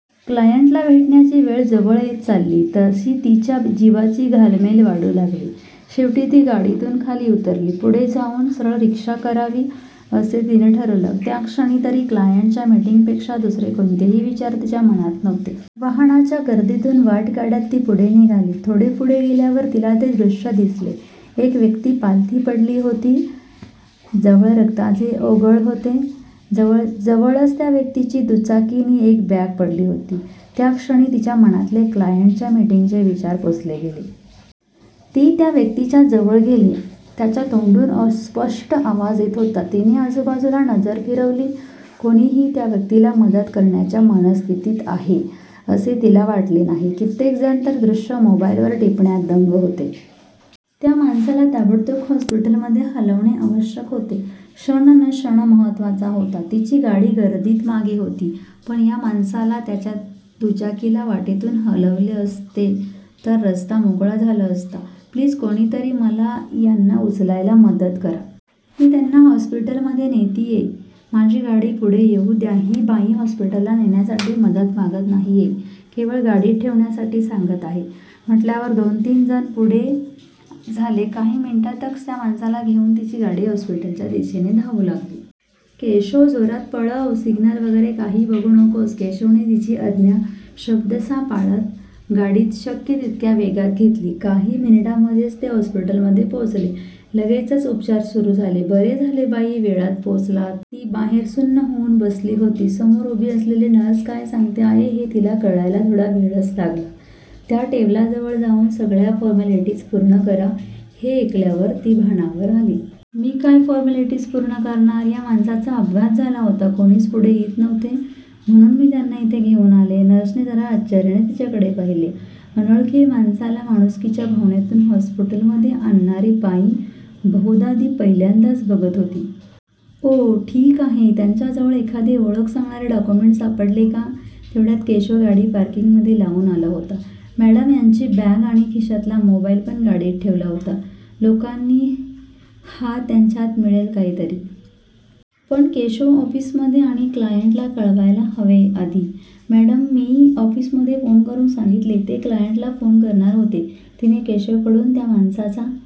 क्लायंटला भेटायची वेळ जवळ येत चालली तशी तिच्या जीवाची घालमेल वाढू लागली. शेवटी ती गाडीतून खाली उतरली. पुढे जाऊन सरळ रिक्षा करावी असं तिने ठरवलं. त्याक्षणी तरी क्लायंटच्या मिटिंगपेक्षा दुसरे कोणतेही विचार तिच्या मनात नव्हते. वाहनांच्या गर्दीतून वाट काढत ती पुढे निघाली. थोडे पुढे गेल्यावर तिला ते दृश्य दिसले. एक व्यक्ती पालथी पडली होती. जवळ रक्ताचे ओघळ होते. जवळच त्या व्यक्तीची दुचाकी नि एक बॅग पडली होती. त्या क्षणी तिच्या मनातले क्लायंटच्या मिटिंगचे विचार पुसले गेले. ती त्या व्यक्तीच्या जवळ गेली. त्यांच्या तोंडून अस्पष्ट आवाज येत होता. तिने आजूबाजूला नजर फिरवली. कोणीही त्या व्यक्तीला मदत करण्याच्या मनस्थितीत आहे असे तिला वाटले नाही. कित्येक जण तर हे दृश्य मोबाईलवर टिपण्यात दंग होते. त्या माणसाला ताबडतोब हॉस्पिटलमध्ये हलवणे आवश्यक होते. क्षण न क्षण महत्वाचा होता. तिची गाडी गर्दीत मागे होती. पण या माणसाला आणि त्याच्या दुचाकीला वाटेतून हलवले असते तर रस्ता मोकळा झाला असता. "प्लीज, कोणीतरी मला यांना उचलायला मदत करा. मी त्यांना हॉस्पीटलमध्ये नेतीये. माझी गाडी पुढे येऊ द्या. " ही बाई हॉस्पिटलला नेण्यासाठी मदत मागत नाहीये, केवळ गाडीत ठेवण्यासाठी सांगते आहे म्हटल्यावर दोन तीन जण पुढे झाले. काही मिनिटांतच त्या माणसाला घेऊन तिची गाडी हॉस्पिटलच्या दिशेने धावू लागली. "केशव, जोरात पळव. सिग्नल वगैरे काही बघू नकोस. " केशवने तिची आज्ञा शब्दशः पाळत गाडी शक्य तितक्या वेगात घेतली. काही मिनिटांमधेच ते हॉस्पिटलमध्ये पोचले. लगेचच उपचार सुरु झाले. "बरे झाले बाई, वेळात पोचलात. " ती बाहेर सुन्न होऊन बसली होती. समोर उभी असलेली नर्स काय सांगते आहे हे तिला कळायला थोडा वेळच लागला. "त्या टेबलाजवळ जाऊन सगळ्या फ़ोर्मालिटीज पूर्ण करा. " हे ऐकल्यावर ती भानावर आली. "मी काय फ़ोर्मालिटीज पूर्ण करणार? या माणसाचा अपघात झाला होता. कोणीच पुढे येत नव्हते म्हणून मी त्यांना इथे घेऊन आले. " नर्सने जरा आश्चर्यानेच तिच्याकडे पाहिले. अनोळखी माणसाला माणुसकीच्या भावनेतून हॉस्पिटलमध्ये आणणारी बाई बहुदा ती पहिल्यांदाच बघत होती. "ओह, ठीक आहे. त्यांच्या जवळ एखादे ओळख सांगणारे डॅाक्युमेंट सापडले का? "तेवढ्यात केशव गाडी पार्किंग मध्ये लाऊन आला होता. "मॅडम, यांची बॅग आणि खिशातला मोबाईल पण गाडीत ठेवला होता लोकांनी. ""हा. त्याच्यात मिळेल काहीतरी. पण केशव ऑफिसमध्ये आणि क्लायंटला कळवायला हवे आधी. ""मॅडम मी ऑफिसमध्ये फोन करून सांगितले. ते क्लायंटला फोन करणार होते. " तिने केशवकडून त्या माणसाचा